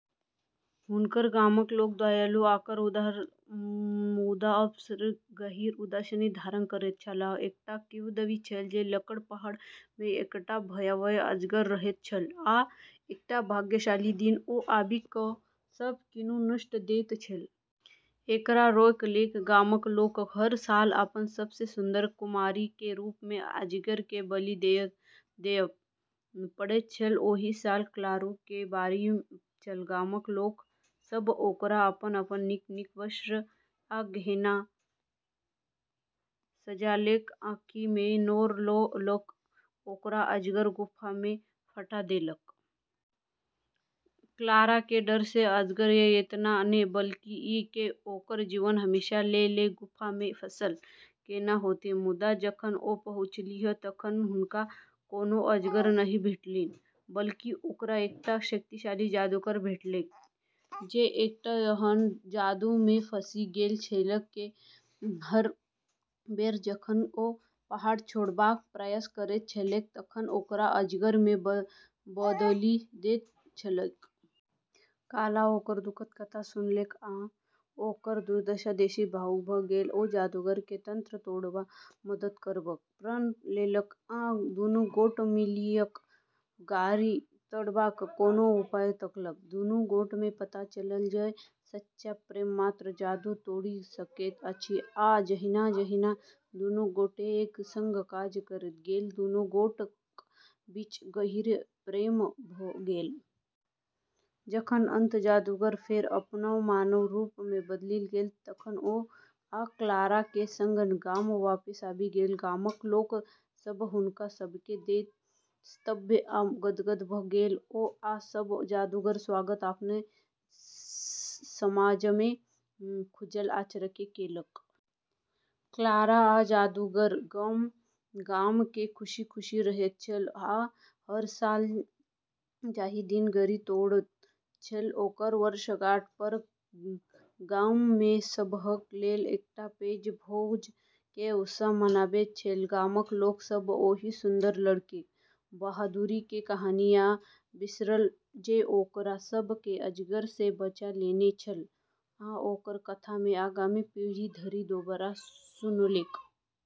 हुनकर गामक लोक दयालु आ उदार छलाह, मुदा सब हृदय मे गहींर उदासी धारण करैत छलाह। एकटा किंवदंती छल जे लगक पहाड़ मे एकटा भयावह अजगर रहैत छल, आ एकटा भाग्यशाली दिन, ओ आबि कऽ सब किछु नष्ट कऽ दैत छल । एकरा रोकय लेल गामक लोक के हर साल अपन सबसँ सुन्दर कुमारि के रूप मे अजगर के बलि देबय पड़ैत छल ओहि साल क्लारा के बारी छल। गामक लोक सभ ओकरा अपन-अपन नीक-नीक वस्त्र आ गहना मे सजौलक आ आँखि मे नोर लऽ कऽ ओकरा अजगरक गुफा मे पठा देलक। क्लारा के डर छेलै, अजगर के एतना नै, बल्कि ई कि ओकरऽ जीवन हमेशा के लेलऽ गुफा में फंसलऽ केना होतै। मुदा जखन ओ पहुँचलीह तखन हुनका कोनो अजगर नहि भेटलनि। बल्कि ओकरा एकटा शक्तिशाली जादूगर भेटलैक, जे एकटा एहन दुष्ट जादू मे फँसि गेल छलैक जे हर बेर जखन ओ पहाड़ छोड़बाक प्रयास करैत छलैक तखन ओकरा अजगर मे बदलि दैत छलैक। क्लारा ओकर दुखद कथा सुनलक आ ओकर दुर्दशा देखि भावुक भऽ गेल। ओ जादूगर केँ मंत्र तोड़बा मे मदद करबाक प्रण लेलक आ दुनू गोटे मिलिकय गारि तोड़बाक कोनो उपाय तकलक। दुनू गोटेकेँ पता चलल जे सच्चा प्रेम मात्र जादू तोड़ि सकैत अछि, आ जहिना-जहिना दुनू गोटे एक संग काज करैत गेल, दुनू गोटेक बीच गहींर प्रेम भऽ गेल। जखन अंततः जादूगर फेर अपन मानव रूप मे बदलि गेल तखन ओ आ क्लारा एक संग गाम वापस आबि गेल। गामक लोक सभ हुनका सभकेँ देखि स्तब्ध आ गदगद भऽ गेल, आ ओ सभ ओहि जादूगरक स्वागत अपन समाजमे खुजल आँचरसँ केलक। क्लारा आ जादूगर गाम मे खुखी-खुशी रहैत छल, आ हर साल, जाहि दिन गारि तोड़ैत छल, ओकर वर्षगांठ पर गाम मे सबहक लेल एकटा पैघ भोज के उत्सव मनाबैत छल। गामक लोक सभ ओहि सुन्दर लड़कीक बहादुरी केँ कहियो नहि बिसरलक जे ओकरा सभ केँ अजगर सँ बचा लेने छल, आ ओकर कथा केँ आगामी पीढ़ी धरि दोबारा सुनौलक।